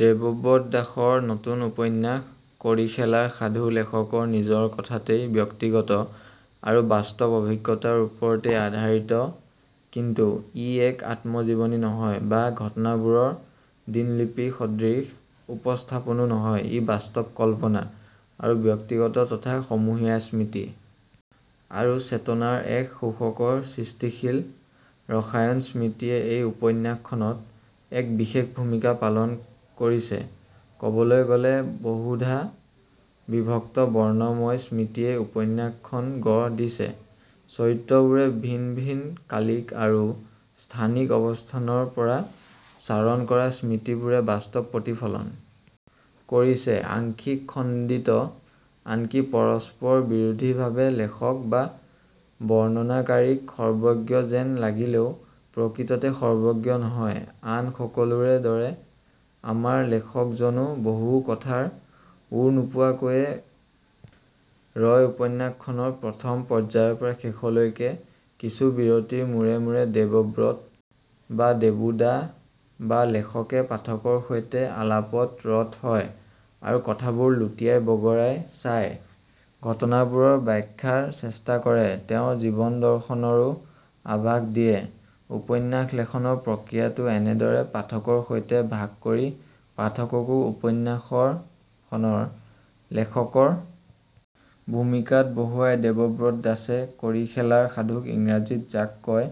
দেৱব্ৰত দাসৰ নতুন উপন্যাস কড়িখেলাৰ সাধু লেখকৰ নিজৰ কথাতেই ব্যক্তিগত আৰু বাস্তৱ অভিজ্ঞতাৰ ওপৰতেই আধাৰিতকিন্তু ই এক আত্মজীৱনী নহয় বা ঘটনাবোৰৰ দিনলিপি সদৃশ উপস্থাপনো নহয় ই বাস্তৱ কল্পনা আৰু ব্যক্তিগত তথা সমূহীয়া স্মৃতি আৰু চেতনাৰ এক সুখকৰ সৃষ্টিশীল ৰসায়নস্মৃতিয়ে এই উপন্যাসখনত এক বিশেষ ভূমিকা পালন কৰিছেকবলৈ গলে বহুধা বিভক্ত বৰ্ণময় স্মৃতিয়েই উপন্যাসখন গঢ় দিছেচৰিত্ৰবোৰে ভিন ভিন কালিক আৰু স্থানিক অৱস্থানৰ পৰা চাৰণ কৰা স্মৃতিবোৰে বাস্তৱ প্ৰতিফলন কৰিছে আংশিক খণ্ডিত আনকি পৰস্পৰ বিৰোধীভাৱেলেখক বা বৰ্ণনাকাৰীক সৰ্বজ্ঞ যেন লাগিলেও প্ৰকৃততে সৰ্বজ্ঞ নহয় আন সকলোৰে দৰে আমাৰ লেখকজনো বহু কথাৰ ওৰ নোপোৱাকৈয়ে ৰয়উপন্যাসখনৰ প্ৰথম পৰ্যায়ৰ পৰা শেষলৈকে কিছু বিৰতিৰ মূৰে মূৰে দেৱব্ৰত বা দেবু দা বা লেখকে পাঠকৰ সৈতে আলাপত ৰত হয় আৰু কথাবোৰ লুটিয়াই বগৰাই চায় ঘটনাবোৰৰ বাখ্যাৰ চেষ্টা কৰে তেওঁৰ জীৱনদৰ্শনৰো আভাষ দিয়েউপন্যাস লেখনৰ প্ৰক্ৰিয়াটো এনেদৰে পাঠকৰ সৈতে ভাগ কৰি পাঠককো উপন্যাসখনৰ লেখকৰ ভূমিকাত বহুৱাই দেৱব্ৰত দাসে কড়িখেলাৰ সাধুক ইংৰাজীত যাক কয়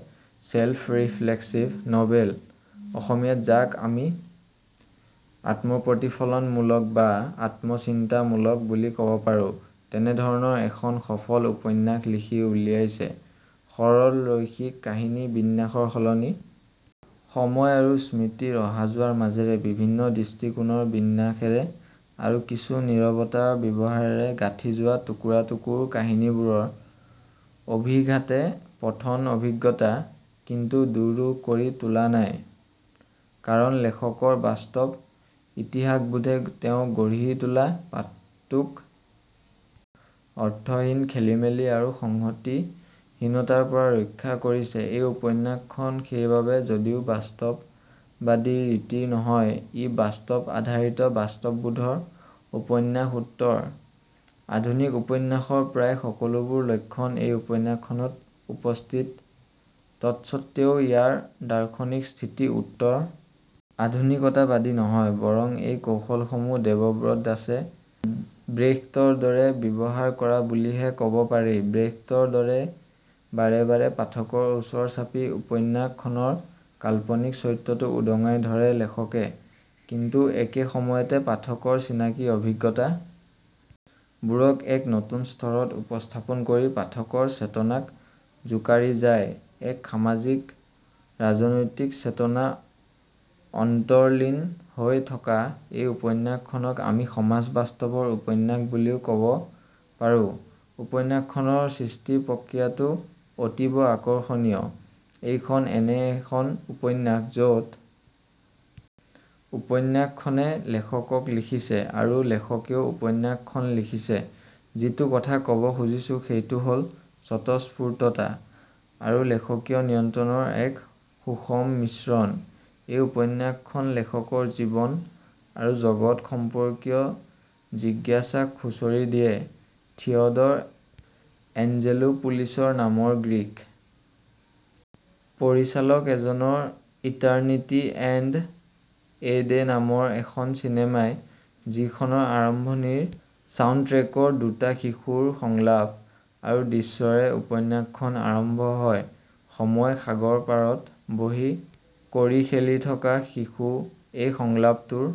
চেল্ফ ৰিফ্লেক্সিভ নভেল অসমীয়াত যাক আমি আত্মপ্ৰতিফলন মূলক বা আত্মচিন্তা মূলক বুলি কব পাৰোঁ তেনেধৰণৰ এখন সফল উপন্যাস লিখি উলিয়াইছেসৰল ৰৈখিক কাহিনী বিন্যাসৰ সলনি সময় আৰু স্মৃতিৰ অহাযোৱাৰ মাজেৰে বিভিন্ন দৃষ্টিকোণৰ বিন্যাসেৰে আৰু কিছু নিৰৱতাৰ ব্যৱহাৰেৰে গাঁঠি যোৱা টুকুৰাটুকুৰ কাহিনীবোৰৰ অভিঘাতে পঠন অভিজ্ঞতা কিন্তু দুৰূহ কৰি তোলা নাই কাৰণ লেখকৰ বাস্তৱ ইতিহাসবোধে তেওঁ গঢ়ি তোলা পাঠটোক অৰ্থহীন খেলিমেলি আৰু সংহতি হীনতাৰ পৰা ৰক্ষা কৰিছে এই উপন্যাসখন সেইবাবে যদিও বাস্তৱবাদী ৰীতিৰ নহয় ই বাস্তৱ আধাৰিত বাস্তৱবোধৰ উপন্যাসউত্তৰ আধুনিক উপন্যাসৰ প্ৰায় সকলোবোৰ লক্ষণ এই উপন্যাসখনত উপস্থিত তৎসত্বেও ইয়াৰ দাৰ্শনিক স্থিতি উত্তৰ আধুনিকতাবাদী নহয়বৰং এই কৌশলসমূহ দেৱব্ৰত দাসে ব্ৰেখটৰ দৰে ব্যৱহাৰ কৰা বুলিহে কব পাৰি ব্ৰেখটৰ দৰেই বাৰে বাৰে পাঠকৰ ওচৰ চাপি উপন্যাস খনৰ কাল্পনিক চৰিত্ৰটো উদঙাই ধৰে লেখকে কিন্তু একে সময়তে পাঠকৰ চিনাকি অভিজ্ঞতা বোৰক এক নতুন স্তৰত উপস্থাপন কৰি পাঠকৰ চেতনাক জোকাৰি যায়এক সামাজিকৰাজনৈতিক চেতনা অন্তৰ্লীন হৈ থকা এই উপন্যাসখনক আমি সমাজ বাস্তৱৰ উপন্যাস বুলিও কব পাৰোঁউপন্যাস খনৰ সৃষ্টি প্ৰক্ৰিয়াটো অতীব আকৰ্ষণীয়এইখন এনে এখন উপন্যাস যত উপন্যাসখনে লেখকক লিখিছে আৰু লেখকেও উপন্যাসখন লিখিছেযিটো কথা কব খুজিছো সেইটো হল স্বত:স্ফুৰ্ততা আৰু লেখকীয় নিয়ন্ত্ৰণৰ এক সুষম মিশ্ৰণ এই উপন্যাসখন লেখকৰ জীৱন আৰু জগত সম্পৰ্কীয় জিজ্ঞাসাক খুচৰি দিয়ে থিয়ডৰ এঞ্জেলোপুলিচৰ নামৰ গ্ৰীক পৰিচালক এজনৰ ইটাৰ্নিটি এণ্ড এ ডে নামৰ এখন চিনেমাই যিখনৰ আৰম্ভণিৰ চাউণ্ডট্ৰেকৰ দুটা শিশুৰ সংলাপ আৰু দৃশ্যৰে উপন্যাসখন আৰম্ভ হয়সময় সাগৰ পাৰত বহি কড়ি খেলি থকা শিশু এই সংলাপটোৰ